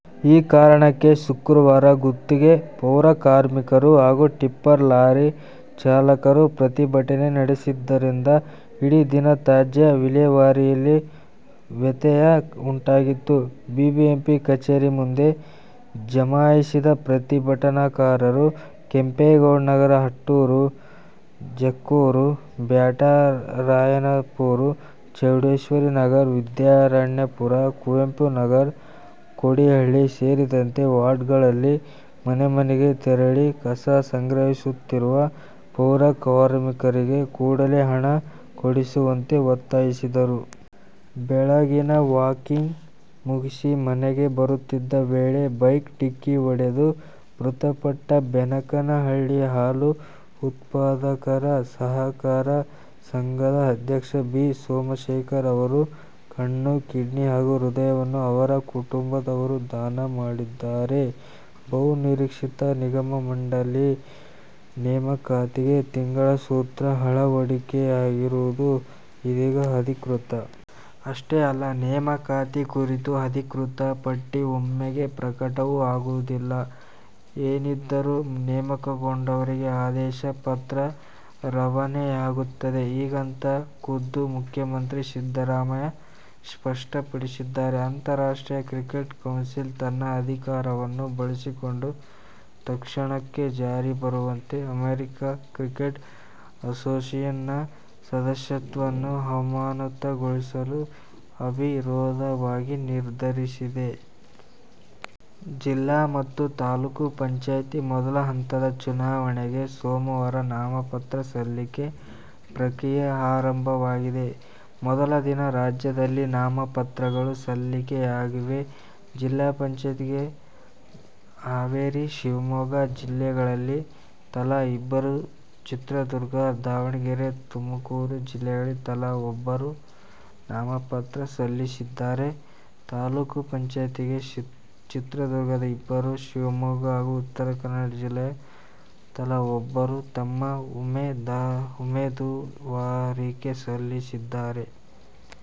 ಈ ಕಾರಣಕ್ಕೆ ಶುಕ್ರವಾರ ಗುತ್ತಿಗೆ ಪೌರಕಾರ್ಮಿಕರು ಹಾಗೂ ಟಿಪ್ಪರ್ ಲಾರಿ ಚಾಲಕರು ಪ್ರತಿಭಟನೆ ನಡೆಸಿದ್ದರಿಂದ ಇಡೀ ದಿನ ತ್ಯಾಜ್ಯ ವಿಲೇವಾರಿಯಲ್ಲಿ ವ್ಯತ್ಯಯ ಉಂಟಾಗಿತ್ತು. ಬಿಬಿಎಂಪಿ ಕಚೇರಿ ಮುಂದೆ ಜಮಾಯಿಸಿದ ಪ್ರತಿಭಟನಾಕಾರರು, ಕೆಂಪೇಗೌಡನಗರ, ಅಟ್ಟೂರು, ಜಕ್ಕೂರು, ಬ್ಯಾಟರಾಯನಪುರ, ಚೌಡೇಶ್ವರಿನಗರ, ವಿದ್ಯಾರಣ್ಯಪುರ, ಕುವೆಂಪುನಗರ, ಕೊಡಿಹಳ್ಳಿ ಸೇರಿದಂತೆ ವಾರ್ಡ್ಗಳಲ್ಲಿ ಮನೆಮನೆಗೆ ತೆರಳಿ ಕಸ ಸಂಗ್ರಹಿಸುತ್ತಿರುವ ಪೌರಕಾರ್ಮಿಕರಿಗೆ ಕೂಡಲೇ ಹಣ ಕೊಡಿಸುವಂತೆ ಒತ್ತಾಯಿಸಿದರು. ಬೆಳಗಿನ ವಾಕಿಂಗ್ ಮುಗಿಸಿ ಮನೆಗೆ ಬರುತ್ತಿದ್ದ ವೇಳೆ ಬೈಕ್ ಡಿಕ್ಕಿ ಹೊಡೆದು ಮೃತಪಟ್ಟ ಬೆನಕನಹಳ್ಳಿ ಹಾಲು ಉತ್ಪಾದಕರ ಸಹಕಾರ ಸಂಘದ ಅಧ್ಯಕ್ಷ ಬಿ. ಸೋಮಶೇಖರ್ ಅವರ ಕಣ್ಣು, ಕಿಡ್ನಿ ಹಾಗೂ ಹೃದಯವನ್ನು ಅವರ ಕುಟುಂಬದವರು ದಾನ ಮಾಡಿದ್ದಾರೆ. ಬಹು ನಿರೀಕ್ಷಿತ ನಿಗಮ-ಮಂಡಳಿ ನೇಮಕಾತಿಗೆ ತಿಂಗಳ ಸೂತ್ರ ಅಳವಡಿಕೆಯಾಗಿರುವುದು ಇದೀಗ ಅಧಿಕೃತ. ಅಷ್ಟೇ ಅಲ್ಲ, ನೇಮಕಾತಿ ಕುರಿತ ಅಧಿಕೃತ ಪಟ್ಟಿ ಒಮ್ಮೆಗೆ ಪ್ರಕಟವೂ ಆಗುವುದಿಲ್ಲ. ಏನಿದ್ದರೂ, ನೇಮಕಗೊಂಡವರಿಗೆ ಆದೇಶ ಪತ್ರ ರವಾನೆಯಾಗುತ್ತದೆ. ಹೀಗಂತ ಖುದ್ದು ಮುಖ್ಯಮಂತ್ರಿ ಸಿದ್ದರಾಮಯ್ಯ ಸ್ಪಷ್ಟಪಡಿಸಿದ್ದಾರೆ. ಅಂತಾರಾಷ್ಟ್ರೀಯ ಕ್ರಿಕೆಟ್ ಕೌನ್ಸಿಲ್ ತನ್ನ ಅಧಿಕಾರವನ್ನು ಬಳಸಿಕೊಂಡು ತತ್ಕ್ಷಣಕ್ಕೆ ಜಾರಿ ಬರುವಂತೆ ಅಮೆರಿಕ ಕ್ರಿಕೆಟ್ ಅಸೋಸಿಯೇಶನ್ ನ ಸದಸ್ಯತ್ವವನ್ನು ಅಮಾನತುಗೊಳಿಸಲು ಅವಿರೋಧವಾಗಿ ನಿರ್ಧರಿಸಿದೆ. ಜಿಲ್ಲಾ ಮತ್ತು ತಾಲೂಕು ಪಂಚಾಯತ್ ಮೊದಲ ಹಂತದ ಚುನಾವಣೆಗೆ ಸೋಮವಾರ ನಾಮಪತ್ರ ಸಲ್ಲಿಕೆ ಪ್ರಕ್ರಿಯೆ ಆರಂಭವಾಗಿದೆ. ಮೊದಲ ದಿನ ರಾಜ್ಯದಲ್ಲಿ ನಾಮಪತ್ರಗಳು ಸಲ್ಲಿಕೆಯಾಗಿವೆ. ಜಿಪಂಗೆ ಹಾವೇರಿ, ಶಿವಮೊಗ್ಗ ಜಿಲ್ಲೆಗಳಲ್ಲಿ ತಲಾ ಇಬ್ಬರು, ಚಿತ್ರದುರ್ಗ, ದಾವಣಗೆರೆ, ತುಮಕೂರು ಜಿಲ್ಲೆಗಳಲ್ಲಿ ತಲಾ ಒಬ್ಬರು ನಾಮಪತ್ರ ಸಲ್ಲಿಸಿದ್ದರೆ, ತಾಪಂಗೆ ಚಿತ್ರದುರ್ಗ ಇಬ್ಬರು, ಶಿವಮೊಗ್ಗ ಹಾಗೂ ಉತ್ತರ ಕನ್ನಡ ಜಿಲ್ಲೆಗಳಲ್ಲಿ ತಲಾ ಒಬ್ಬರು ತಮ್ಮ ಉಮೇದುವಾರಿಕೆ ಸಲ್ಲಿಸಿದ್ದಾರೆ.